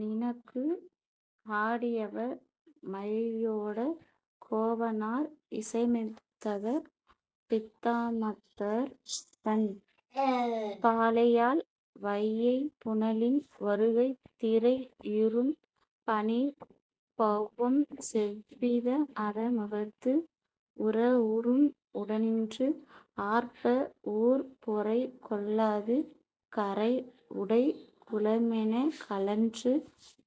நினக்கு.। பாடியவர், மையோடக் கோவனார் இசையமைத்தவர், பித்தாமத்தர் பண், பாலையாழ் வையைப் புனலின் வருகை திரை இரும் பனிப் பௌவம் செவ்விதா அற முகந்து, உர உரும் உடன்று ஆர்ப்ப, ஊர் பொறை கொள்ளாது, கரை உடை குளமெனக் கழன்று,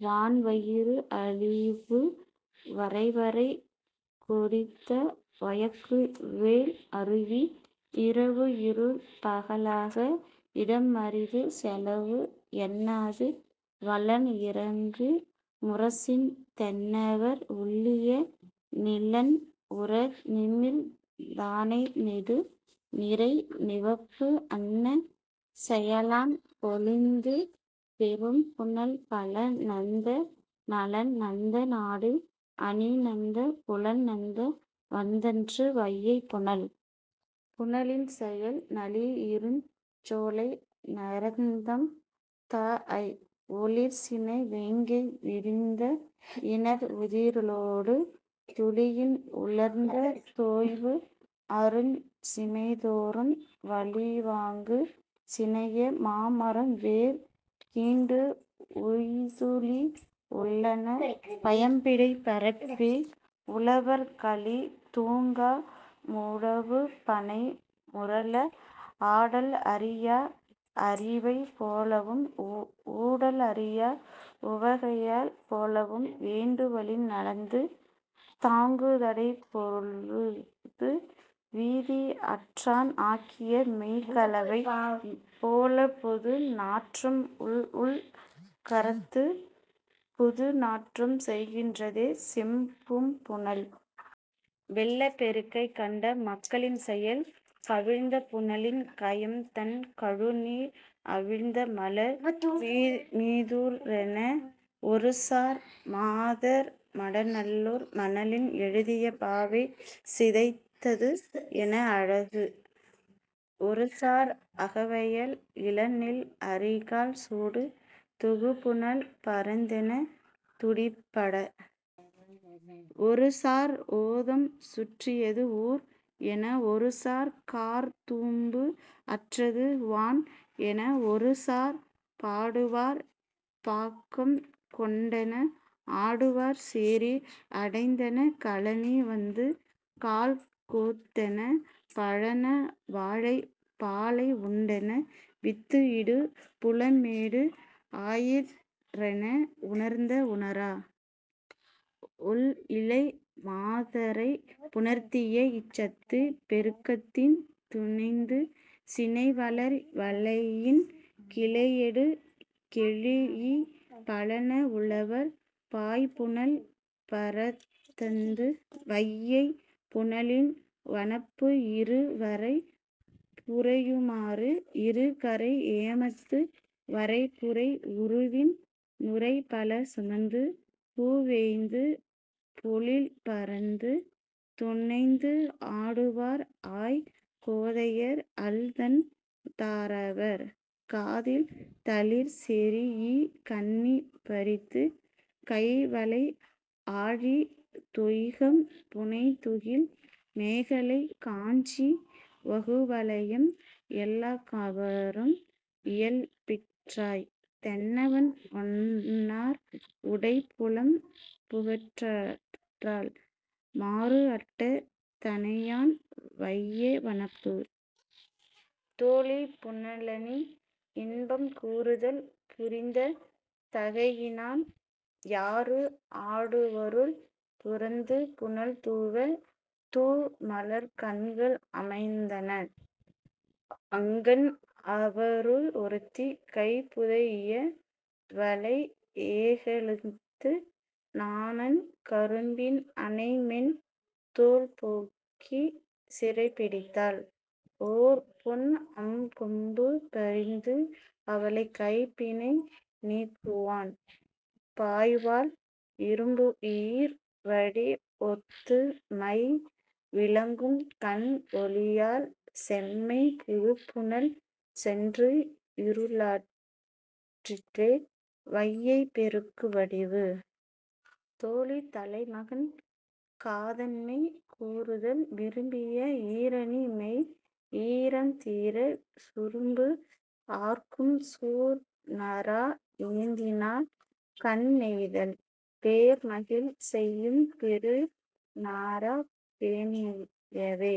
வான் வயிறு அழிபு, வரைவரை தொடித்த வயங்கு வெள் அருவி-- இரவு இருள் பகலாக, இடம் அரிது செலவு என்னாது, வலன் இரங்கு முரசின் தென்னவர் உள்ளிய நிலன் உற நிமிர் தானை நெடு நிரை நிவப்பு அன்ன-- பெயலான் பொலிந்து, பெரும் புனல் பல நந்த, நலன் நந்த நாடு அணி நந்தப் புலன் நந்த வந்தன்று, வையைப் புனல். புனலின் செயல் நளி இருஞ் சோலை நரந்தம் தாஅய், ஒளிர் சினை வேங்கை விரிந்த இணர் உதிரலொடு, துளியின் உழந்த தோய்வு அருஞ் சிமைதொறும் வளி வாங்கு சினைய மா மரம் வேர் கீண்டு, உய்ர்ந்துழி உள்ளன பயம்பிடைப் பரப்பி; உழவர் களி தூங்க, முழவு பணை முரல, ஆடல் அறியா அரிவை போலவும், ஊடல் அறியா உவகையள் போலவும், வேண்டு வழி நடந்து, தாங்கு தடை பொருது; விதி ஆற்றான் ஆக்கிய மெய்க் கலவை போலப் பொது நாற்றம் உள்உள் கரந்து, புது நாற்றம் செய்கின்றே, செம் பூம் புனல். வெள்ளப் பெருக்கைக் கண்ட மக்களின் செயல் 'கவிழ்ந்த புனலின் கயம் தண் கழுநீர் அவிழ்ந்த மலர் மீதுற்றென, ஒருசார்; மாதர் மடநல்லார், மணலின் எழுதிய பாவை சிதைத்தது' என அழ, ஒருசார்; 'அகவயல் இள நெல் அரிகால் சூடு தொகு புனல் பரந்தெனத் துடி பட, ஒருசார்; 'ஓதம் சுற்றியது ஊர்' என, ஒருசார்; 'கார் தூம்பு அற்றது வான்' என, ஒருசார்; 'பாடுவார் பாக்கம் கொண்டென, ஆடுவார் சேரி அடைந்தென, கழனி வந்து கால் கோத்தென, பழன வாளை பாளை உண்டென, வித்து இடு புலம் மேடு ஆயிற்றென, உணர்த்த உணரா ஒள் இழை மாதரைப் புணர்த்திய இச்சத்துப் பெருக்கத்தின் துனைந்து, சினை வளர் வாளையின் கிளையடு கெழீஇ, பழன உழவர், பாய் புனல் பரத்தந்து, வையைப் புனலின் வனப்பு இறு வரை புரையுமாறு இரு கரை ஏமத்து, வரை புரை உருவின் நுரை பல சுமந்து, பூ வேய்ந்து, பொழில் பரந்து; துனைந்து ஆடுவார் ஆய் கோதையர், அலர் தண் தாரவர், காதில் தளிர் செரீஇ, கண்ணி பறித்து; கை வளை, ஆழி, தொய்யகம், புனை துகில், மேகலை, காஞ்சி, வாகுவலயம், எல்லம் கவரும் இயல்பிற்றாய்: தென்னவன் ஒன்னார் உடை புலம் புக்கற்றால்---மாறு அட்ட தானையான் வையை வனப்பு. தோழி புனலணி இன்பம் கூறுதல் புரிந்த தகையினான் யாறு ஆடுவாருள் துரந்து புனல் தூவ, தூ மலர்க் கண்கள் அமைந்தன; ஆங்கண், அவருள் ஒருத்தி, கை புதைஇய வளை ஏக்கழுத்து நாணான் கரும்பின் அணை மென் தோள் போக்கிச் சிறைப்பிடித்தாள்; ஓர் பொன் அம் கொம்பு பரிந்து அவளைக் கைப் பிணை நீக்குவான் பாய்வாள்; இரும்பு ஈர் வடி ஒத்து மை விளங்கும் கண் ஒளியால் செம்மைப் புதுப் புனல் சென்று இருளாயிற்றே; வையைப் பெருக்கு வடிவு. தோழி தலைமகன் காதன்மை கூறுதல் விரும்பிய ஈரணி மெய் ஈரம் தீர, சுரும்பு ஆர்க்கும் சூர் நறா ஏந்தினாள் கண் நெய்தல்; பேர் மகிழ் செய்யும் பெரு நறாப் பேணியவே,